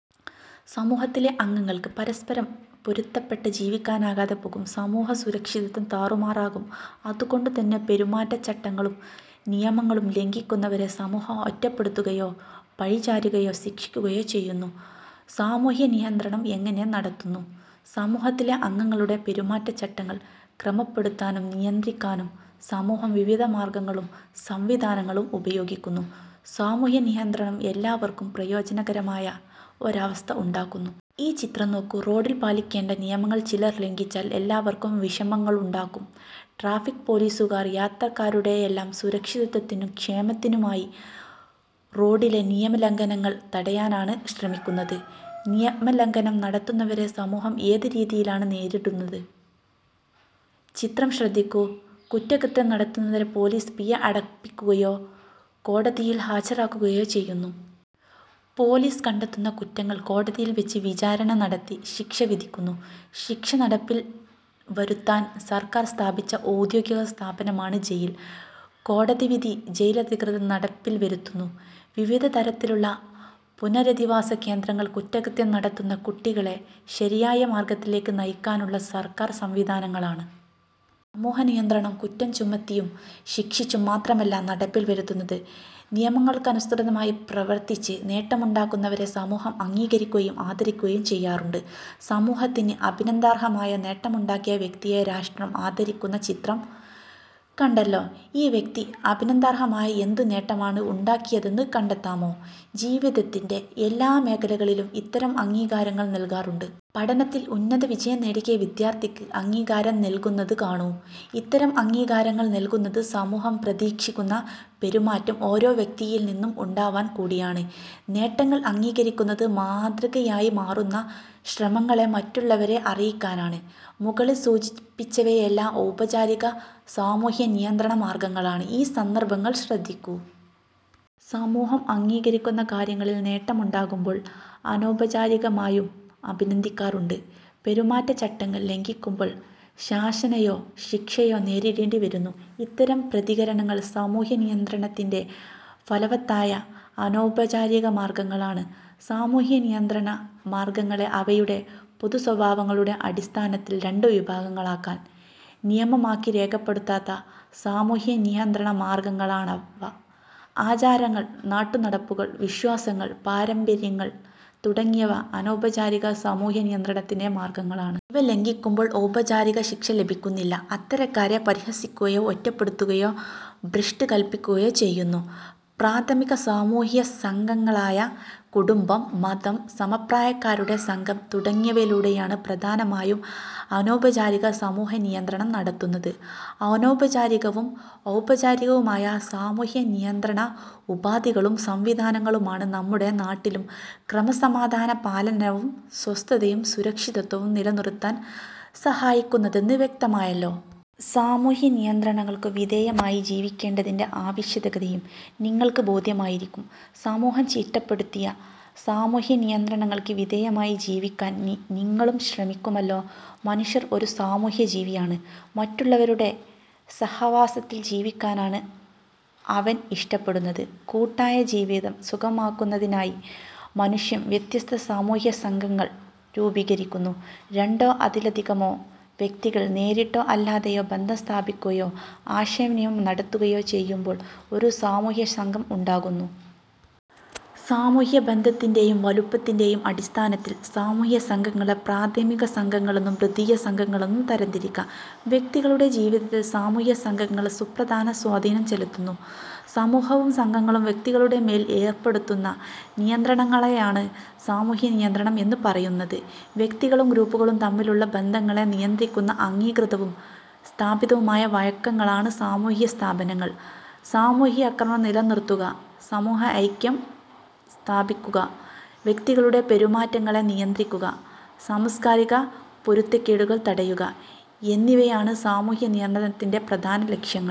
സമൂഹത്തിലെ അംഗങ്ങൾക്ക് പരസ്പരം പൊരുത്തപ്പെട്ട ജീവിക്കാനാകാതെ പോകും. സാമൂഹ്യസുരക്ഷിതത്വം താറുമാറാകും. അതു കൊണ്ടുതന്നെ പെരുമാറ്റച്ചട്ടങ്ങളും നിയമങ്ങളും ലംഘിക്കുന്നവരെ സമൂഹം ഒറ്റപ്പെടുത്തുകയോ പഴിചാരുകയോ ശിക്ഷിക്കുകയോ ചെയ്യുന്നു. സാമൂഹ്യനിയന്ത്രണം എങ്ങനെ നടത്തുന്നു? സമൂഹത്തിലെ അംഗങ്ങളുടെ പെരുമാറ്റച്ചട്ടങ്ങൾ ക്രമപ്പെടുത്താനും നിയന്ത്രിക്കാനും സമൂഹം വിവിധ മാർഗങ്ങളും സംവിധാനങ്ങളും ഉപയോഗിക്കുന്നു. സാമൂഹ്യനിയന്ത്രണം എല്ലാവർക്കും പ്രയോജനകരമായ ഒരവസ്ഥ ഉണ്ടാക്കുന്നു. ഈ ചിത്രം നോക്കൂ. റോഡിൽ പാലി ക്കേണ്ട നിയമങ്ങൾ ചിലർ ലംഘിച്ചാൽ എല്ലാവർക്കും വിഷമങ്ങളുണ്ടാക്കും. ട്രാഫിക് പോലീസുകാർ യാത്രക്കാ രുടെയെല്ലാം സുരക്ഷിതത്വത്തിനും ക്ഷേമത്തിനുമായി റോഡിലെ നിയമലംഘനങ്ങൾ തടയാനാണ് ശ്രമിക്കുന്നത്. നിയമലംഘനം നടത്തുന്നവരെ സമൂഹം ഏതു രീതിയിലാണ് നേരിടുന്നത്? ചിത്രം ശ്രദ്ധിക്കൂ. കുറ്റകൃത്യം നടത്തുന്നവരെ പോലീസ് പിഴ അടപ്പിക്കുകയോ കോടതിയിൽ ഹാജരാക്കുകയോ ചെയ്യുന്നു. പോലീസ് കണ്ടെത്തുന്ന കുറ്റങ്ങൾ കോടതിയിൽ വച്ച് വിചാരണ നടത്തി ശിക്ഷ വിധിക്കുന്നു. ശിക്ഷ നടപ്പിൽ വരുത്താൻ സർക്കാർ സ്ഥാപിച്ച ഔദ്യോഗികസ്ഥാപനമാണ് ജയിൽ. കോടതിവിധി ജയിലധികൃതർ നടപ്പിൽ വരുത്തുന്നു. വിവിധ തരത്തിലുള്ള പുനരധിവാസ കേന്ദ്രങ്ങൾ കുറ്റകൃത്യം നടത്തുന്ന കുട്ടി കളെ ശരിയായ മാർഗത്തിലേക്ക് നയിക്കാനുള്ള സർക്കാർ സംവിധാനങ്ങളാണ്. സാമൂഹ്യനിയന്ത്രണം കുറ്റം ചുമത്തിയും ശിക്ഷിച്ചും മാത്രമല്ല നടപ്പിൽ വരുത്തുന്നത്. നിയമങ്ങൾക്കനുസൃതമായി പ്രവർത്തിച്ച് നേട്ടമുണ്ടാക്കുന്നവരെ സമൂഹം അംഗീകരിക്കുകയും ആദരിക്കുകയും ചെയ്യാറുണ്ട്. സമൂഹത്തിന് അഭിനന്ദനാർഹമായ നേട്ടമുണ്ടാക്കിയ വ്യക്തിയെ രാഷ്ട്രം ആദരി ക്കുന്ന ചിത്രം കണ്ടല്ലോ? ഈ വ്യക്തി അഭിനന്ദനാർഹമായ എന്തു നേട്ടമാണ് ഉണ്ടാക്കിയതെന്ന് കണ്ടെത്താമോ? ജീവിതത്തിന്റെ എല്ലാ മേഖലകളിലും ഇത്തരം അംഗീകാരങ്ങൾ നൽകാറുണ്ട്. പഠനത്തിൽ ഉന്നതവിജയം നേടിയ വിദ്യാർഥിക്ക് അംഗീകാരം നൽകുന്നത് കാണൂ. ഇത്തരം അംഗീകാരങ്ങൾ നൽകുന്നത് സമൂഹം പ്രതീക്ഷിക്കുന്ന പെരുമാറ്റം ഓരോ വ്യക്തിയിൽ നിന്നും ഉണ്ടാവാൻ കൂടിയാണ്. നേട്ടങ്ങൾ അംഗീകരിക്കുന്നത് മാതൃകയായി മാറുന്ന ശ്രമങ്ങളെ മറ്റുള്ളവരെ അറിയിക്കാനാണ്. മുകളിൽ സൂചിപ്പിച്ചവയെല്ലാം ഔപചാരിക സാമൂഹ്യനിയന്ത്രണ മാർഗങ്ങളാണ്. ഈ സന്ദർഭങ്ങൾ ശ്രദ്ധിക്കൂ. സമൂഹം അംഗീകരിക്കുന്ന കാര്യങ്ങളിൽ നേട്ടങ്ങളുണ്ടാക്കുമ്പോൾ അനൗപചാരികമായും അഭിനന്ദിക്കാറുണ്ട്. പെരുമാറ്റച്ചട്ടങ്ങൾ ലംഘിക്കുമ്പോൾ ശാസനയോ ശിക്ഷയോ നേരിടേണ്ടി വരുന്നു. ഇത്തരം പ്രതികരണങ്ങൾ സാമൂഹ്യനിയന്ത്രണത്തിന്റെ ഫലവത്തായ അനൗപചാരിക മാർഗങ്ങളാണ്. സാമൂഹ്യനിയന്ത്രണ മാർഗങ്ങളെ അവയുടെ പൊതുസ്വഭാവങ്ങളുടെ അടിസ്ഥാനത്തിൽ രണ്ടു വിഭാഗങ്ങളാക്കാം. നിയമമാക്കി രേഖപ്പെടുത്താത്ത സാമൂഹ്യനിയന്ത്രണ മാർഗങ്ങളാണിവ. ആചാരങ്ങൾ, നാട്ടുനടപ്പുകൾ, വിശ്വാസങ്ങൾ, പാരമ്പര്യങ്ങൾ തുടങ്ങിയവ അനൗപചാരിക സാമൂഹ്യനിയന്ത്രണത്തിന്റെ മാർഗങ്ങളാണ്. ഇവ ലംഘിക്കുമ്പോൾ ഔപചാരിക ശിക്ഷ ലഭിക്കുന്നില്ല. അത്തരക്കാരെ പരിഹസിക്കുകയോ ഒറ്റപ്പെടുത്തുകയോ ഭ്രഷ്ട് കൽപ്പിക്കുകയോ ചെയ്യുന്നു. പ്രാഥമിക സാമൂഹ്യസംഘങ്ങളായ കുടുംബം, മതം, സമപ്രായക്കാരുടെ സംഘം തുടങ്ങിയവയിലൂടെയാണ് പ്രധാനമായും അനൗപചാരിക സാമൂഹ്യനിയന്ത്രണം നടത്തുന്നത്. അനൗപചാരികവും ഔപചാരികവുമായ സാമൂഹ്യനിയന്ത്രണ ഉപാധികളും സംവിധാനങ്ങളുമാണ് നമ്മുടെ നാട്ടിലും ക്രമസമാധാന പാലനവും സ്വസ്ഥതയും സുരക്ഷിതത്വവും നിലനിർത്താൻ സഹായിക്കുന്നതെന്ന് വ്യക്തമായല്ലോ. സാമൂഹ്യനിയന്ത്രണങ്ങൾക്കു വിധേയമായി ജീവിക്കേണ്ടതിന്റെ ആവശ്യകതയും നിങ്ങൾക്ക് ബോധ്യമായിരിക്കും. സമൂഹം ചിട്ടപ്പെടുത്തിയ സാമൂഹ്യനിയന്ത്രണങ്ങൾക്ക് വിധേയരായി ജീവിക്കാൻ നിങ്ങളും ശ്രമിക്കുമല്ലോ. മനുഷ്യൻ ഒരു സാമൂഹ്യജീവിയാണ്. മറ്റുള്ളവരുടെ സഹവാസത്തിൽ ജീവിക്കാനാണ് അവൻ ഇഷ്ടപ്പെടുന്നത്. കൂട്ടായ ജീവിതം സുഗമമാക്കുന്നതിനായി മനുഷ്യൻ വ്യത്യസ്ത സാമൂഹ്യസംഘങ്ങൾ രൂപീകരിക്കുന്നു. രണ്ടോ അതിലധികമോ വ്യക്തികൾ നേരിട്ടോ അല്ലാതെയോ ബന്ധം സ്ഥാപിക്കുകയോ ആശയവിനിമയം നടത്തുകയോ ചെയ്യുമ്പോൾ ഒരു സാമൂഹ്യസംഘം ഉണ്ടാകുന്നു. സാമൂഹ്യബന്ധത്തിന്റെയും വലുപ്പത്തിന്റെയും അടിസ്ഥാനത്തിൽ സാമൂഹ്യസംഘങ്ങളെ പ്രാഥമികസംഘങ്ങളെന്നും ദ്വിതീയസംഘങ്ങളെന്നും തരംതിരിക്കാം. വ്യക്തികളുടെ ജീവിതത്തിൽ സാമൂഹ്യസംഘങ്ങൾ സുപ്രധാന സ്വാധീനം ചെലുത്തുന്നു. സമൂഹവും സംഘങ്ങളും വ്യക്തികളുടെ മേൽ ഏർപ്പെടുത്തുന്ന നിയന്ത്രണങ്ങളെയാണ് സാമൂഹ്യനിയന്ത്രണം എന്നു പറയുന്നത്. വ്യക്തികളും ഗ്രൂപ്പുകളും തമ്മിലുള്ള ബന്ധങ്ങളെ നിയന്ത്രിക്കുന്ന അംഗീകൃതവും സ്ഥാപിതവുമായ വഴക്കങ്ങളാണ് സാമൂഹ്യസ്ഥാപനങ്ങൾ. സാമൂഹ്യക്രമം നിലനിർത്തുക, സാമൂഹ്യ ഐക്യം സ്ഥാപിക്കുക, വ്യക്തികളുടെ പെരുമാറ്റങ്ങളെ നിയന്ത്രിക്കുക, സാംസ്കാരിക പൊരുത്തക്കേടുകൾ തടയുക എന്നിവയാണ് സാമൂഹ്യ നിയന്ത്രണത്തിന്റെ പ്രധാന ലക്ഷ്യങ്ങൾ.